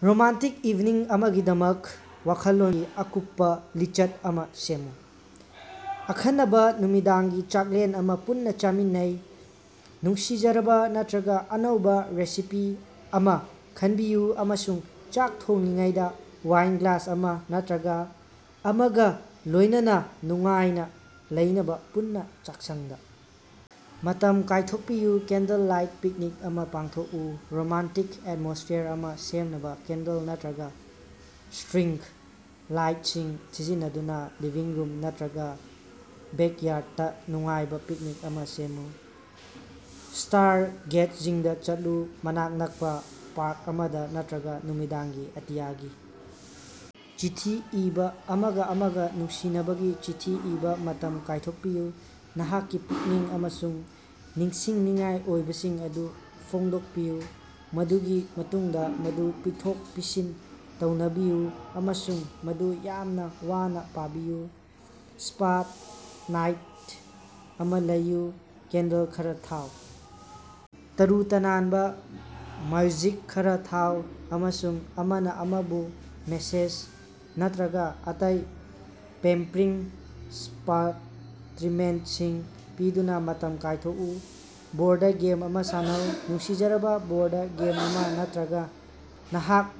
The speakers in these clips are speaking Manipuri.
ꯔꯣꯃꯥꯟꯇꯤꯛ ꯏꯚꯤꯅꯤꯡ ꯑꯃꯒꯤꯗꯃꯛ ꯋꯥꯈꯜꯂꯣꯟꯒꯤ ꯑꯀꯨꯞꯄ ꯂꯤꯁ꯭ꯠ ꯑꯃꯥ ꯁꯦꯝꯃꯨ꯫ ꯑꯈꯟꯅꯕ ꯅꯨꯃꯤꯗꯥꯡꯒꯤ ꯆꯥꯛꯂꯦꯟ ꯑꯃꯥ ꯄꯨꯟꯅ ꯆꯥꯃꯤꯟꯅꯩ: ꯅꯨꯡꯁꯤꯖꯔꯕ ꯅꯠꯇꯔꯒ ꯑꯅꯧꯕ ꯔꯦꯁꯤꯄꯤ ꯑꯃꯥ ꯈꯟꯕꯤꯌꯨ ꯑꯃꯁꯨꯡ ꯆꯥꯛ ꯊꯣꯡꯂꯤꯉꯩꯗ ꯋꯥꯏꯟ ꯒ꯭ꯂꯥꯁ ꯑꯃꯥ ꯅꯠꯇꯔꯒ ꯑꯃꯒ ꯂꯣꯏꯅꯅ ꯅꯨꯡꯉꯥꯏꯅ ꯂꯩꯅꯕ ꯄꯨꯟꯅꯥ ꯆꯥꯛꯁꯪꯗ ꯃꯇꯝ ꯀꯥꯏꯊꯣꯛꯄꯤꯌꯨ꯫ ꯀꯦꯟꯗꯜ ꯂꯥꯏꯠ ꯄꯤꯛꯅꯤꯛ ꯑꯃꯥ ꯄꯥꯡꯊꯣꯛꯎ: ꯔꯣꯃꯥꯟꯇꯤꯛ ꯑꯦꯇꯃꯣꯁ꯭ꯐꯤꯌꯥꯔ ꯑꯃꯥ ꯁꯦꯝꯅꯕ ꯀꯦꯟꯗꯜ ꯅꯠꯇꯔꯒ ꯁ꯭ꯇꯔꯤꯡ ꯂꯥꯏꯠꯁꯤꯡ ꯁꯤꯖꯤꯟꯅꯗꯨꯅ ꯂꯤꯚꯤꯡ ꯔꯨꯝ ꯅꯠꯇꯔꯒ ꯕꯦꯛꯌꯥꯔꯗꯇ ꯅꯨꯡꯉꯥꯏꯕ ꯄꯤꯛꯅꯤꯛ ꯑꯃꯥ ꯁꯦꯝꯃꯨ꯫ ꯁ꯭ꯇꯥꯔꯒꯦꯖꯤꯡꯗꯥ ꯆꯠꯂꯨ: ꯃꯅꯥꯛ ꯅꯛꯄ ꯄꯥꯔꯛ ꯑꯃꯗ ꯅꯠꯇꯔꯒ ꯅꯨꯃꯤꯗꯥꯡꯒꯤ ꯑꯇꯤꯌꯥꯒꯤ ꯆꯤꯊꯤ ꯏꯕꯥ: ꯑꯃꯒ ꯑꯃꯒ ꯅꯨꯡꯁꯤꯅꯕꯒꯤ ꯆꯤꯊꯤ ꯏꯕ ꯃꯇꯝ ꯀꯥꯏꯊꯣꯛꯄꯤꯌꯨ, ꯅꯍꯥꯛꯀꯤ ꯄꯨꯛꯅꯤꯡ ꯑꯃꯁꯨꯡ ꯅꯤꯡꯁꯤꯡꯅꯤꯡꯉꯥꯏ ꯑꯣꯏꯕꯁꯤꯡ ꯑꯗꯨ ꯐꯣꯡꯗꯣꯛꯄꯤꯌꯨ, ꯃꯗꯨꯒꯤ ꯃꯇꯨꯡꯗ ꯃꯗꯨ ꯄꯤꯊꯣꯛ-ꯄꯤꯁꯤꯟ ꯇꯧꯅꯕꯤꯌꯨ ꯑꯃꯁꯨꯡ ꯃꯗꯨ ꯌꯥꯝꯅ ꯋꯥꯅ ꯄꯥꯕꯤꯌꯨ꯫ ꯁ꯭ꯄꯥ ꯅꯥꯏꯠ ꯑꯃ ꯂꯩꯌꯨ: ꯀꯦꯟꯗꯜ ꯈꯔꯥ ꯊꯥꯎ, ꯇꯔꯨ-ꯇꯅꯥꯟꯕ ꯃꯔꯖꯤꯛ ꯈꯔ ꯊꯥꯎ, ꯑꯃꯁꯨꯡ ꯑꯃꯅ ꯑꯃꯕꯨ ꯃꯦꯁꯦꯖ ꯅꯠꯇꯔꯒ ꯑꯇꯩ ꯄꯦꯝꯄꯔꯤꯡ ꯁ꯭ꯄꯥ ꯇ꯭ꯔꯤꯠꯃꯦꯟꯠꯁꯤꯡ ꯄꯤꯗꯨꯅ ꯃꯇꯝ ꯀꯥꯏꯊꯣꯛꯎ꯫ ꯕꯣꯔꯗ ꯒꯦꯝ ꯑꯃꯥ ꯁꯥꯟꯅꯧ: ꯅꯨꯡꯁꯤꯖꯔꯕ ꯕꯣꯔꯗ ꯒꯦꯝ ꯑꯃꯥ ꯅꯠꯇꯔꯒ ꯅꯍꯥꯛ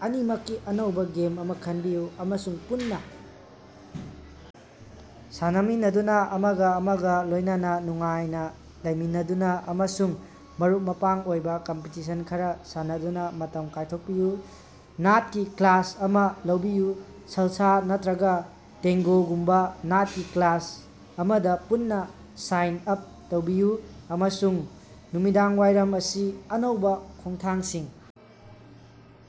ꯑꯅꯤꯃꯛꯀꯤ ꯑꯅꯧꯕ ꯒꯦꯝ ꯑꯃ ꯈꯟꯕꯤꯌꯨ, ꯑꯃꯁꯨꯡ ꯄꯨꯟꯅ ꯁꯥꯟꯅꯃꯤꯟꯅꯗꯨꯅ, ꯑꯃꯒ ꯑꯃꯒ ꯂꯣꯏꯅꯅ ꯅꯨꯡꯉꯥꯏꯅ ꯂꯩꯃꯤꯟꯅꯗꯨꯅ ꯑꯃꯁꯨꯡ ꯃꯔꯨꯞ-ꯃꯄꯥꯡ ꯑꯣꯏꯕ ꯀꯝꯄꯤꯇꯤꯁꯟ ꯈꯔ ꯁꯥꯟꯅꯗꯨꯅ ꯃꯇꯝ ꯀꯥꯏꯊꯣꯛꯄꯤꯌꯨ꯫ ꯅꯥꯠꯀꯤ ꯀ꯭ꯂꯥꯁ ꯑꯃꯥ ꯂꯧꯕꯤꯌꯨ: ꯁꯥꯜꯁꯥ ꯅꯠꯇꯔꯒ ꯇꯦꯡꯒꯣꯒꯨꯝꯕ ꯅꯥꯠꯀꯤ ꯀ꯭ꯂꯥꯁ ꯑꯃꯗ ꯄꯨꯟꯅ ꯁꯥꯏꯟ ꯑꯥꯞ ꯇꯧꯕꯤꯌꯨ ꯑꯃꯁꯨꯡ ꯅꯨꯃꯤꯗꯥꯡꯋꯥꯏꯔꯝ ꯑꯁꯤ ꯑꯅꯧꯕ ꯈꯣꯡꯊꯥꯡꯁꯤꯡ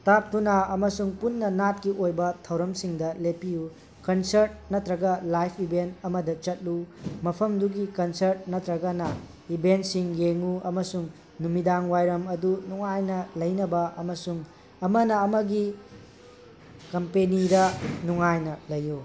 ꯇꯞꯗꯨꯅ ꯑꯃꯁꯨꯡ ꯄꯨꯟꯅ ꯅꯥꯠꯀꯤ ꯑꯣꯏꯕ ꯊꯧꯔꯝꯁꯤꯡꯗ ꯂꯦꯞꯄꯤꯌꯨ꯫ ꯀꯟꯁꯔꯠ ꯅꯠꯇꯔꯒ ꯂꯥꯏꯞ ꯏꯚꯦꯟꯠ ꯑꯃꯗ ꯆꯠꯂꯨ: ꯃꯐꯝꯗꯨꯒꯤ ꯀꯟꯁꯔꯠ ꯅꯠꯇꯔꯒꯅ ꯏꯚꯦꯟꯠꯁꯤꯡ ꯌꯦꯡꯎ ꯑꯃꯁꯨꯡ ꯅꯨꯃꯤꯗꯥꯡꯋꯥꯏꯔꯝ ꯑꯗꯨ ꯅꯨꯡꯉꯥꯏꯅ ꯂꯩꯅꯕ ꯑꯃꯁꯨꯡ ꯑꯃꯅ ꯑꯃꯒꯤ ꯀꯝꯄꯦꯅꯤꯗꯥ ꯅꯨꯡꯉꯥꯏꯅꯥ ꯂꯩꯌꯨ꯫